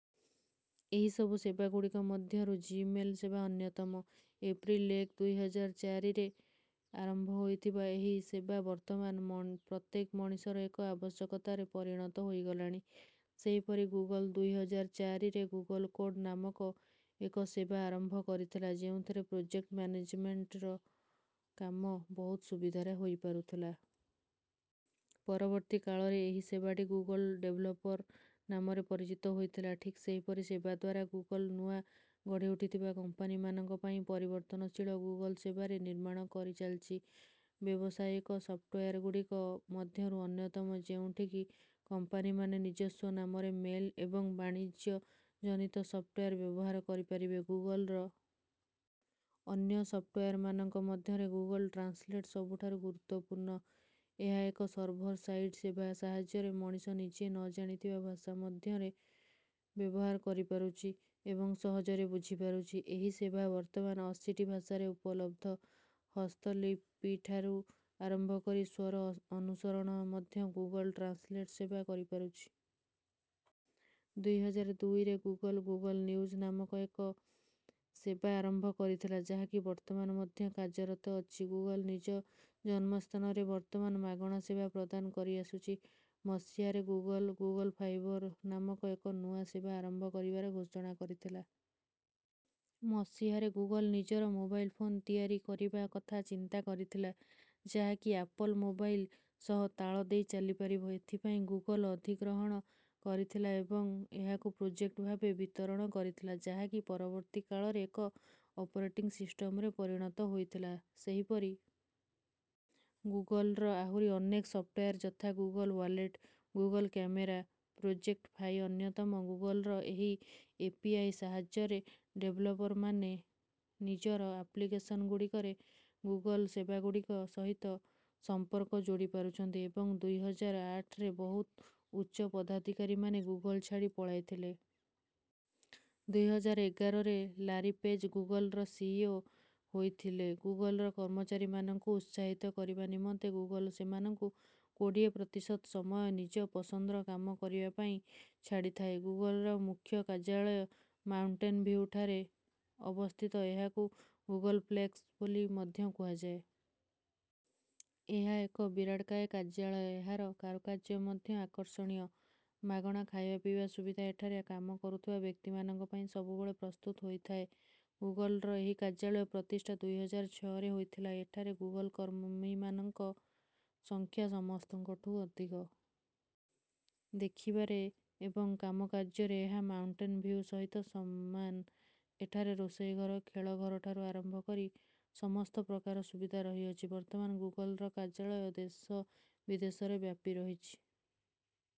ଏହିସବୁ ସେବାଗୁଡ଼ିକ ମଧ୍ୟରୁ ଜିମେଲ୍ ସେବା ଅନ୍ୟତମ। ଏପ୍ରିଲ ଏକ, ଦୁଇ ହଜାର ଚାରିରେ ଆରମ୍ଭ ହୋଇଥିବା ଏହି ସେବା ବର୍ତ୍ତମାନ ପ୍ରତ୍ୟେକ ମଣିଷର ଏକ ଆବଶ୍ୟକତାରେ ପରିଣତ ହୋଇଗଲାଣି। ସେହିପରି ଗୁଗଲ ଦୁଇ ହଜାର ଚାରିରେ 'ଗୁଗଲ କୋଡ଼' ନାମକ ଏକ ସେବା ଆରମ୍ଭ କରିଥିଲା, ଯେଉଁଥିରେ ପ୍ରୋଜେକ୍ଟ ମ୍ୟାନେଜମେଣ୍ଟର କାମ ବହୁତ ସୁବିଧାରେ ହୋଇପାରୁଥିଲା। ପରବର୍ତ୍ତୀ କାଳରେ ଏହି ସେବାଟି 'ଗୁଗଲ ଡେଭଲପର' ନାମରେ ପରିଚିତ ହୋଇଥିଲା। ଠିକ୍ ସେହିପରି ସେବା ଦ୍ୱାରା ଗୁଗଲ ନୂଆ ଗଢ଼ିଉଠିଥିବା କମ୍ପାନୀମାନଙ୍କ ପାଇଁ ପରିବର୍ତ୍ତନଶୀଳ ଗୁଗଲ ସେବାର ନିର୍ମାଣ କରିଚାଲିଛି। ବ୍ୟବସାୟିକ ସଫ୍ଟୱେର୍‌ଗୁଡ଼ିକ ମଧ୍ୟରୁ ଅନ୍ୟତମ, ଯେଉଁଠି କି କମ୍ପାନୀମାନେ ନିଜସ୍ୱ ନାମରେ ମେଲ୍ ଏବଂ ବାଣିଜ୍ୟଜନିତ ସଫ୍ଟୱେର୍ ବ୍ୟବହାର କରିପାରିବେ। ଗୁଗଲର ଅନ୍ୟ ସଫ୍ଟୱେର୍‌ମାନଙ୍କ ମଧ୍ୟରେ ଗୁଗଲ ଟ୍ରାନ୍ସଲେଟ୍ ସବୁଠାରୁ ଗୁରୁତ୍ୱପୂର୍ଣ୍ଣ। ଏହା ଏକ ସର୍ଭର ସାଇଡ୍ ସେବା ସାହାଯ୍ୟରେ ମଣିଷ ନିଜେ ନ ଜାଣିଥିବା ଭାଷା ମଧ୍ୟ ବ୍ୟବହାର କରିପାରୁଛି ଏବଂ ସହଜରେ ବୁଝିପାରୁଛି। ଏହି ସେବା ବର୍ତ୍ତମାନ ଅଶୀଟି ଭାଷାରେ ଉପଲବ୍ଧ। ହସ୍ତଲିପିଠାରୁ ଆରମ୍ଭ କରି ସ୍ୱର ଅନୁସରଣ ମଧ୍ୟ ଗୁଗଲ ଟ୍ରାନ୍ସଲେଟ୍ ସେବା କରିପାରୁଛି। ଦୁଇ ହଜାର ଦୁଇରେ ଗୁଗଲ, 'ଗୁଗଲ ନ୍ୟୁଜ୍' ନାମକ ଏକ ସେବା ଆରମ୍ଭ କରିଥିଲା, ଯାହାକି ବର୍ତ୍ତମାନ ମଧ୍ୟ କାର୍ଯ୍ୟରତ ଅଛି। ଗୁଗଲ ନିଜ ଜନ୍ମସ୍ଥାନରେ ବର୍ତ୍ତମାନ ମାଗଣା ସେବା ପ୍ରଦାନ କରିଆସୁଛି। ମସିହାରେ ଗୁଗଲ, 'ଗୁଗଲ ଫାଇବର୍' ନାମକ ଏକ ନୂଆ ସେବା ଆରମ୍ଭ କରିବାର ଘୋଷଣା କରିଥିଲା। ମସିହାରେ ଗୁଗଲ ନିଜର ମୋବାଇଲ୍ ଫୋନ୍ ତିଆରି କରିବା କଥା ଚିନ୍ତା କରିଥିଲା, ଯାହାକି ଆପଲ୍ ମୋବାଇଲ୍ ସହ ତାଳ ଦେଇ ଚାଲିପାରିବ। ଏଥିପାଇଁ ଗୁଗଲ ଅଧିଗ୍ରହଣ କରିଥିଲା ଏବଂ ଏହାକୁ ପ୍ରୋଜେକ୍ଟ ଭାବେ ବିତରଣ କରିଥିଲା, ଯାହାକି ପରବର୍ତ୍ତୀ କାଳରେ ଏକ ଅପରେଟିଂ ସିଷ୍ଟମ୍‌ରେ ପରିଣତ ହୋଇଥିଲା। ସେହିପରି ଗୁଗଲର ଆହୁରି ଅନେକ ସଫ୍ଟୱେର୍ ଯଥା: Google Wallet, Google Camera, Project Fi ଅନ୍ୟତମ। ଗୁଗଲର ଏହି ଏପିଆଇ ସାହାଯ୍ୟରେ ଡେଭେଲପରମାନେ ନିଜର ଆପ୍ଲିକେସନ୍‌ଗୁଡ଼ିକରେ ଗୁଗଲ ସେବାଗୁଡ଼ିକ ସହିତ ସମ୍ପର୍କ ଯୋଡ଼ିପାରୁଛନ୍ତି। ଏବଂ ଦୁଇ ହଜାର ଆଠରେ ବହୁତ ଉଚ୍ଚପଦାଧିକାରୀମାନେ ଗୁଗଲ ଛାଡ଼ି ପଳାଇଥିଲେ। ଦୁଇ ହଜାର ଏଗାରରେ ଲାରୀ ପେଜ୍ ଗୁଗଲର ସିଇଓ ହୋଇଥିଲେ। ଗୁଗଲର କର୍ମଚାରୀମାନଙ୍କୁ ଉତ୍ସାହିତ କରିବା ନିମନ୍ତେ ଗୁଗଲ ସେମାନଙ୍କୁ କୋଡ଼ିଏ ପ୍ରତିଶତ ସମୟ ନିଜ ପସନ୍ଦର କାମ କରିବା ପାଇଁ ଛାଡ଼ିଥାଏ। ଗୁଗଲର ମୁଖ୍ୟ କାର୍ଯ୍ୟାଳୟ ମାଉଣ୍ଟେନ୍ ଭିଉଠାରେ ଅବସ୍ଥିତ। ଏହାକୁ 'ଗୁଗଲପ୍ଲେକ୍ସ' ବୋଲି ମଧ୍ୟ କୁହାଯାଏ। ଏହା ଏକ ବିରାଟକାୟ କାର୍ଯ୍ୟାଳୟ। ଏହାର କାରୁକାର୍ଯ୍ୟ ମଧ୍ୟ ଆକର୍ଷଣୀୟ। ମାଗଣା ଖାଇବା ପିଇବା ସୁବିଧା ଏଠାରେ କାମ କରୁଥିବା ବ୍ୟକ୍ତିମାନଙ୍କ ପାଇଁ ସବୁବେଳେ ପ୍ରସ୍ତୁତ ହୋଇଥାଏ। ଗୁଗଲର ଏହି କାର୍ଯ୍ୟାଳୟ ପ୍ରତିଷ୍ଠା ଦୁଇ ହଜାର ଛଅରେ ହୋଇଥିଲା। ଏଠାରେ ଗୁଗଲର କର୍ମୀମାନଙ୍କ ସଂଖ୍ୟା ସମସ୍ତଙ୍କଠୁଁ ଅଧିକ। ଦେଖିବାରେ ଏବଂ କାମକାର୍ଯ୍ୟରେ ଏହା ମାଉଣ୍ଟେନ୍ ଭିଉ ସହିତ ପ୍ରାୟ ସମାନ। ଏଠାରେ ରୋଷେଇ ଘର, ଖେଳ ଘରଠାରୁ ଆରମ୍ଭ କରି ସମସ୍ତ ପ୍ରକାରର ସୁବିଧା ରହିଅଛି। ବର୍ତ୍ତମାନ ଗୁଗଲର କାର୍ଯ୍ୟାଳୟ ଦେଶ ବିଦେଶରେ ବ୍ୟାପି ରହିଛି।